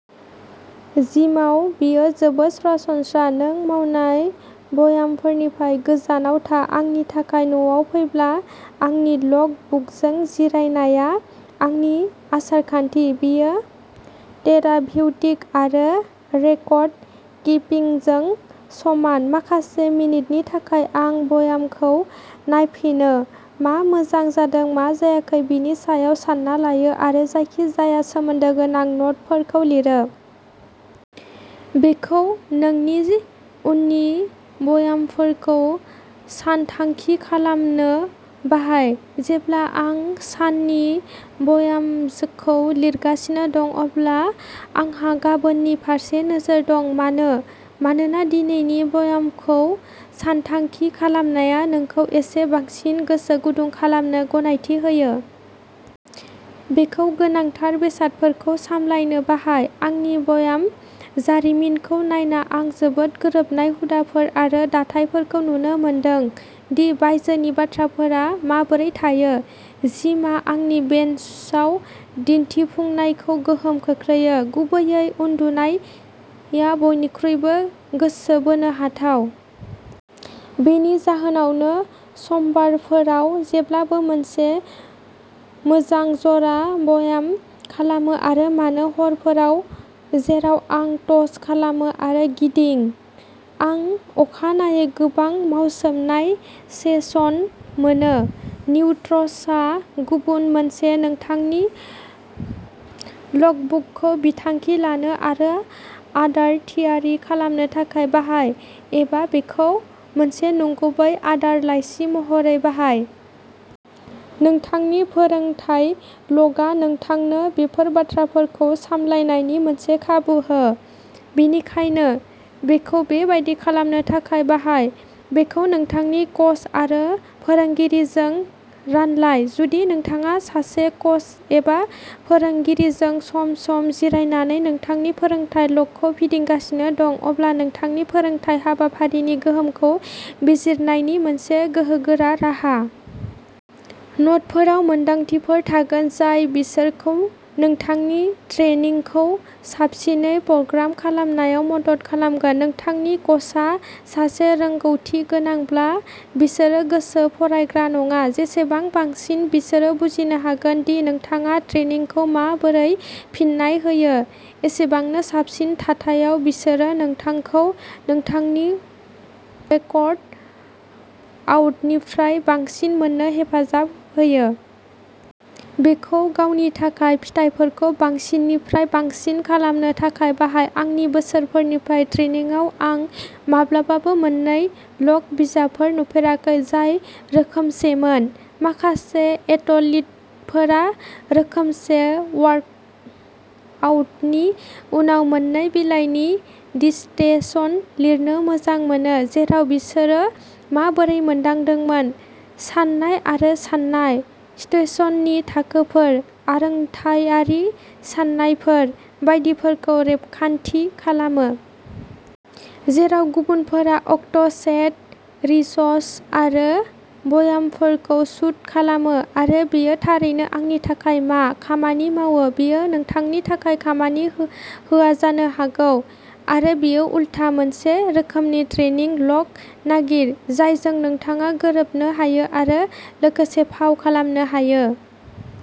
जिमाव बेयो जोबोद सरासनस्रा। नों मावनाय ब्यामनिफ्राय गोजानाव था। आंनि थाखाय, न'आव फैब्ला आंनि लग बुकजों जिरायनाया आंनि आसार-खान्थि। बेयो थेरापिउटिक आरो रेकर्ड किपिंजों समान। माखासे मिनिटनि थाखाय आं ब्यामखौ नायफिनो, मा मोजां जादों, मा जायाखै बेनि सायाव सान्ना लायो आरो जायखिजाया सोमोन्दो गोनां नटफोरखौ लिरो। बेखौ नोंनि उननि ब्यामफोरखौ सानथांखि खालामनो बाहाय। जेब्ला आं साननि ब्यामखौ लिरगासिनो दं, अब्ला आंहा गाबोननि फारसे नोजोर दं। मानो? मानोना दिनैनि ब्यामखौ सानथांखि खालामनाया नोंखौ एसे बांसिन गोसो गुदुं खालामनो गनायथि होयो। बेखौ गोनांथार बेसादफोरखौ सामलायनो बाहाय। आंनि ब्याम जारिमिनखौ नायना आं जोबोद गोरोबनाय हुदाफोर आरो दाथायफोरखौ नुनो मोनदों दि बायजोनि बाथ्राफोरा माबोरै थायो। जिमआ आंनि बेन्चआव दिन्थिफुंनायखौ गोहोम खोख्लैयो। गुबैयै उन्दुनाया बयनिख्रुइबो गोसो बोनो हाथाव। बेनि जाहोनावनो समबारफोराव जेब्लाबो मोनसे मोजां ज'रा ब्याम खालामो, आरो मानो हरफोराव जेराव आं टस खालामो आरो गिदिं, आं अखानायै गोबां मावसोमनाय सेसन मोनो। निउत्रिसनआ गुबुन मोनसे। नोंथांनि लगबुकखौ बिथांखि लानो आरो आदार थियारि खालामनो थाखाय बाहाय, एबा बेखौ मोनसे नंगुबै आदार लाइसि महरै बाहाय। नोंथांनि फोरोंथाय लगआ नोंथांनो बेफोर बाथ्राफोरखौ सामलायनायनि मोनसे खाबु हो, बेनिखायनो बेखौ बेबादि खालामनो थाखाय बाहाय। बेखौ नोंथांनि कच आरो फोरोंगिरिजों रानलाय। जुदि नोंथाङा सासे कच एबा फोरोंगिरिजों सम-सम जिरायनानै नोंथांनि फोरोंथाय लगखौ फिदिंगासिनो दं, अब्ला नोंथांनि फोरोंथाय हाबाफारिनि गोहोमखौ बिजिरनायनि मोनसे गोहोगोरा राहा। न'टफोराव मोनदांथिफोर थागोन जाय बिसोरखौ नोंथांनि ट्रेनिंखौ साबसिनै प्रग्राम खालामनायाव मदद खालामगोन। नोंथांनि कचआ सासे रोंगौथि गोनांब्लाबो, बिसोरो गोसो फरायग्रा नङा जेसेबां बांसिन बिसोरो बुजिनो हागोन दि नोंथाङा ट्रेनिंखौ माबोरै फिन्नाय होयो एसेबांनो साबसिन थाथायाव बिसोरो नोंथांखौ नोंथांनि वर्कटआउटनिफ्राय बांसिन मोननो हेफाजाब होयो। बेखौ गावनि थाखाय फिथायफोरखौ बांसिननिफ्राय बांसिन खालामनो थाखाय बाहाय। आंनि बोसोरफोरनिफ्राय ट्रेनिंआव आं माब्लाबाबो मोन्नै लग बिजाबफोर नुफेराखै जाय रोखोमसेमोन। माखासे एथलीटफोरा रोखोमसे वर्कआउटनि उनाव मोन्नै बिलाइनि डिसटेशन लिरनो मोजां मोनो, जेराव बिसोरो माबोरै मोनदांदोंमोन, सानाय आरो सानाय, स्ट्रेसननि थाखोफोर, आरोंथायारि साननायफोर बायदिफोरखौ रेबगान्थि खालामो। जेराव गुबुनफोरा अक्ट', सेट, रिजस्ट आरो बयामफोरखौ सुंट खालामो, आरो बेयो थारैनो आंनि थाखाय मा खामानि मावो बेयो नोंथांनि थाखाय खामानि हो होआ जानो हागौ, आरो बिनि उलथा। मोनसे रोखोमनि ट्रेनिं लग नागिर, जायजों नोंथाङा गोरोबनो हायो आरो लोगोसे फाव खालामनो हायो।